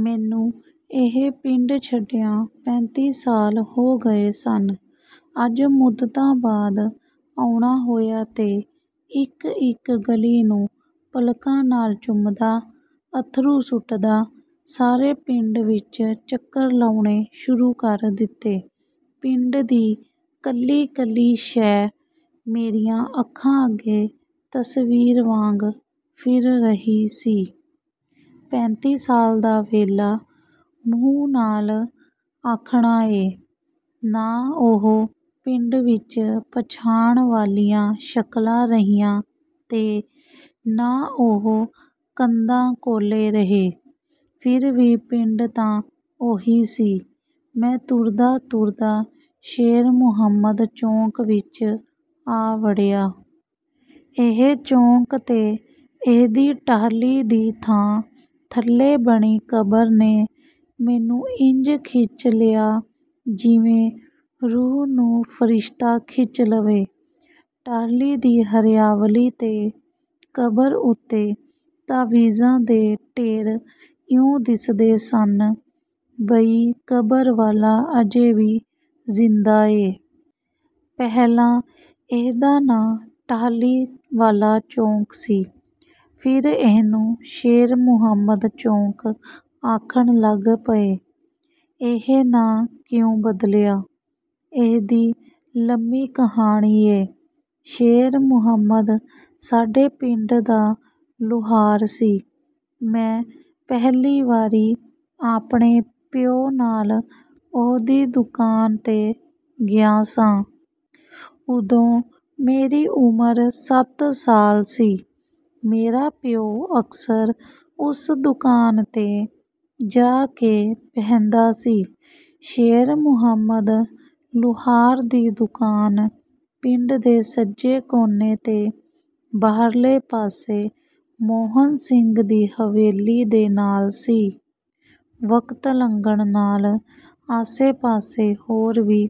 ਮੈਨੂੰ ਇਹ ਪਿੰਡ ਛੱਡਿਆਂ ਪੈਂਤੀ ਸਾਲ ਹੋ ਗਏ ਸਨ। ਅੱਜ ਮੁੱਦਤਾਂ ਬਾਅਦ ਆਉਣਾ ਹੋਇਆ ਤੇ ਇਕ-ਇਕ ਗਲੀ ਨੂੰ ਪਲਕਾਂ ਨਾਲ ਚੁੰਮਦਾ, ਅੱਥਰੂ ਸੁੱਟਦਾ, ਸਾਰੇ ਪਿੰਡ ਵਿਚ ਚੱਕਰ ਲਾਉਣੇ ਸ਼ੁਰੂ ਕਰ ਦਿੱਤੇ। ਪਿੰਡ ਦੀ ਕੱਲੀ-ਕੱਲੀ ਸ਼ੈਅ ਮੇਰੀਆਂ ਅੱਖਾਂ ਅੱਗੇ ਤਸਵੀਰ ਵਾਂਗ ਫਿਰ ਰਹੀ ਸੀ। ਪੈਂਤੀ ਸਾਲ ਦਾ ਵੇਲਾ ਮੂੰਹ ਨਾਲ ਆਖਣਾ ਏ। ਨਾ ਉਹ ਪਿੰਡ ਵਿਚ ਪਛਾਣ ਵਾਲੀਆਂ ਸ਼ਕਲਾਂ ਰਹੀਆਂ ਤੇ ਨਾ ਉਹ ਕੰਧਾਂ-ਕੌਲੇ ਰਹੇ, ਫਿਰ ਵੀ ਪਿੰਡ ਤਾਂ ਉਹੀ ਸੀ। ਮੈਂ ਤੁਰਦਾ-ਤੁਰਦਾ ਸ਼ੇਰ ਮੁਹੰਮਦ ਚੌਕ ਵਿਚ ਆ ਵੜਿਆ। ਇਹ ਚੌਕ ਤੇ ਇਹਦੀ ਟਾਹਲੀ ਦੀ ਛਾਂ ਥੱਲੇ ਬਣੀ ਕਬਰ ਨੇ ਮੈਨੂੰ ਇੰਜ ਖਿੱਚ ਲਿਆ, ਜਿਵੇਂ ਰੂਹ ਨੂੰ ਫਰਿਸ਼ਤਾ ਖਿੱਚ ਲਵੇ। ਟਾਹਲੀ ਦੀ ਹਰਿਆਵਲੀ ਤੇ ਕਬਰ ਉੱਤੇ ਤਾਵੀਜ਼ਾਂ ਦੇ ਢੇਰ ਇਉਂ ਦਿਸਦੇ ਸਨ, ਬਈ ਕਬਰ ਵਾਲਾ ਅਜੇ ਵੀ ਜ਼ਿੰਦਾ ਏ। ਪਹਿਲਾਂ ਇਹਦਾ ਨਾਂ ਟਾਹਲੀ ਵਾਲਾ ਚੌਕ ਸੀ, ਫਿਰ ਇਹਨੂੰ ਸ਼ੇਰ ਮੁਹੰਮਦ ਚੌਕ ਆਖਣ ਲੱਗ ਪਏ। ਇਹ ਨਾਂ ਕਿਉਂ ਬਦਲਿਆ, ਇਹਦੀ ਲੰਮੀ ਕਹਾਣੀ ਏ। ਸ਼ੇਰ ਮੁਹੰਮਦ ਸਾਡੇ ਪਿੰਡ ਦਾ ਲੁਹਾਰ ਸੀ। ਮੈਂ ਪਹਿਲੀ ਵਾਰੀ ਆਪਣੇ ਪਿਓ ਨਾਲ ਉਹਦੀ ਦੁਕਾਨ 'ਤੇ ਗਿਆ ਸਾਂ। ਉਦੋਂ ਮੇਰੀ ਉਮਰ ਸੱਤ ਸਾਲ ਸੀ। ਮੇਰਾ ਪਿਓ ਅਕਸਰ ਉਸ ਦੁਕਾਨ 'ਤੇ ਜਾ ਕੇ ਬਹਿੰਦਾ ਸੀ। ਸ਼ੇਰ ਮੁਹੰਮਦ ਲੁਹਾਰ ਦੀ ਦੁਕਾਨ ਪਿੰਡ ਦੇ ਸੱਜੇ ਕੋਨੇ 'ਤੇ, ਬਾਹਰਲੇ ਪਾਸੇ, ਮੋਹਨ ਸਿੰਘ ਦੀ ਹਵੇਲੀ ਦੇ ਨਾਲ ਸੀ। ਵਕਤ ਲੰਘਣ ਨਾਲ ਆਸੇ-ਪਾਸੇ ਹੋਰ ਵੀ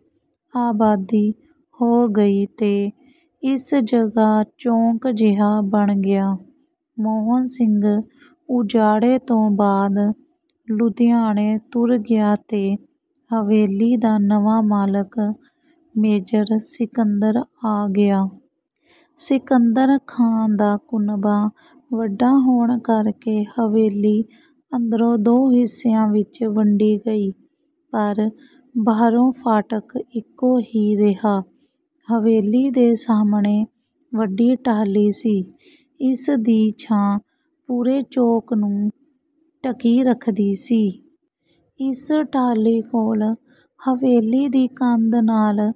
ਆਬਾਦੀ ਹੋ ਗਈ ਤੇ ਇਸ ਜਗ੍ਹਾ ਚੌਕ ਜਿਹਾ ਬਣ ਗਿਆ। ਮੋਹਨ ਸਿੰਘ ਉਜਾੜੇ ਤੋਂ ਬਾਅਦ ਲੁਧਿਆਣੇ ਤੁਰ ਗਿਆ ਤੇ ਹਵੇਲੀ ਦਾ ਨਵਾਂ ਮਾਲਕ ਮੇਜਰ ਸਿਕੰਦਰ ਆ ਗਿਆ। ਸਿਕੰਦਰ ਖਾਂ ਦਾ ਕੁਨਬਾ ਵੱਡਾ ਹੋਣ ਕਰਕੇ ਹਵੇਲੀ ਅੰਦਰੋਂ ਦੋ ਹਿੱਸਿਆਂ ਵਿਚ ਵੰਡੀ ਗਈ, ਪਰ ਬਾਹਰੋਂ ਫਾਟਕ ਇਕੋ ਹੀ ਰਿਹਾ। ਹਵੇਲੀ ਦੇ ਸਾਹਮਣੇ ਵੱਡੀ ਟਾਹਲੀ ਸੀ। ਇਸ ਦੀ ਛਾਂ ਪੂਰੇ ਚੌਕ ਨੂੰ ਢਕੀ ਰੱਖਦੀ ਸੀ। ਇਸ ਟਾਹਲੀ ਕੋਲ ਹਵੇਲੀ ਦੀ ਕੰਧ ਨਾਲ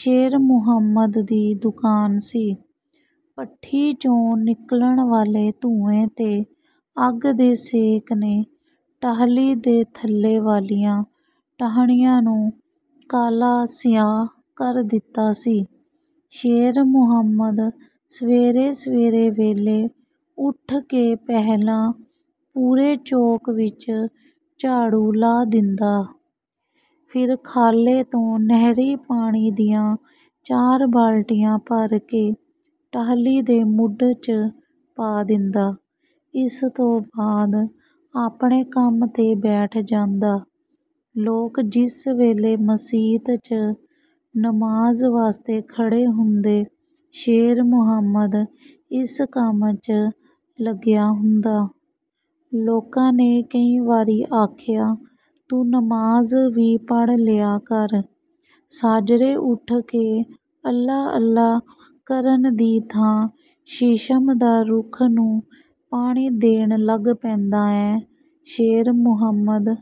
ਸ਼ੇਰ ਮੁਹੰਮਦ ਦੀ ਦੁਕਾਨ ਸੀ। ਭੱਠੀ 'ਚੋਂ ਨਿਕਲਣ ਵਾਲੇ ਧੂੰਏਂ ਤੇ ਅੱਗ ਦੇ ਸੇਕ ਨੇ ਟਾਹਲੀ ਦੇ ਥੱਲੇ ਵਾਲੀਆਂ ਟਾਹਣੀਆਂ ਨੂੰ ਕਾਲਾ-ਸਿਆਹ ਕਰ ਦਿੱਤਾ ਸੀ। ਸ਼ੇਰ ਮੁਹੰਮਦ ਸਵੇਰੇ ਸਵੇਰੇ ਵੇਲੇ ਉੱਠ ਕੇ ਪਹਿਲਾਂ ਪੂਰੇ ਚੌਕ ਵਿਚ ਝਾੜੂ ਲਾ ਦਿੰਦਾ। ਫਿਰ ਖਾਲੇ ਤੋਂ ਨਹਿਰੀ ਪਾਣੀ ਦੀਆਂ ਚਾਰ ਬਾਲਟੀਆਂ ਭਰ ਕੇ ਟਾਹਲੀ ਦੇ ਮੁੱਢ 'ਚ ਪਾ ਦਿੰਦਾ। ਇਸ ਤੋਂ ਬਾਅਦ ਆਪਣੇ ਕੰਮ 'ਤੇ ਬੈਠ ਜਾਂਦਾ। ਲੋਕ ਜਿਸ ਵੇਲੇ ਮਸੀਤ 'ਚ ਨਮਾਜ਼ ਵਾਸਤੇ ਖੜ੍ਹੇ ਹੁੰਦੇ, ਸ਼ੇਰ ਮੁਹੰਮਦ ਇਸ ਕੰਮ 'ਚ ਲੱਗਿਆ ਹੁੰਦਾ। ਲੋਕਾਂ ਨੇ ਕਈ ਵਾਰੀ ਆਖਿਆ, ਤੂੰ ਨਮਾਜ਼ ਵੀ ਪੜ੍ਹ ਲਿਆ ਕਰ। ਸਾਝਰੇ ਉੱਠ ਕੇ ਅੱਲ੍ਹਾ-ਅੱਲ੍ਹਾ ਕਰਨ ਦੀ ਥਾਂ ਸ਼ੀਸ਼ਮ ਦਾ ਰੁੱਖ ਨੂੰ ਪਾਣੀ ਦੇਣ ਲੱਗ ਪੈਂਦਾ ਐਂ।" ਸ਼ੇਰ ਮੁਹੰਮਦ...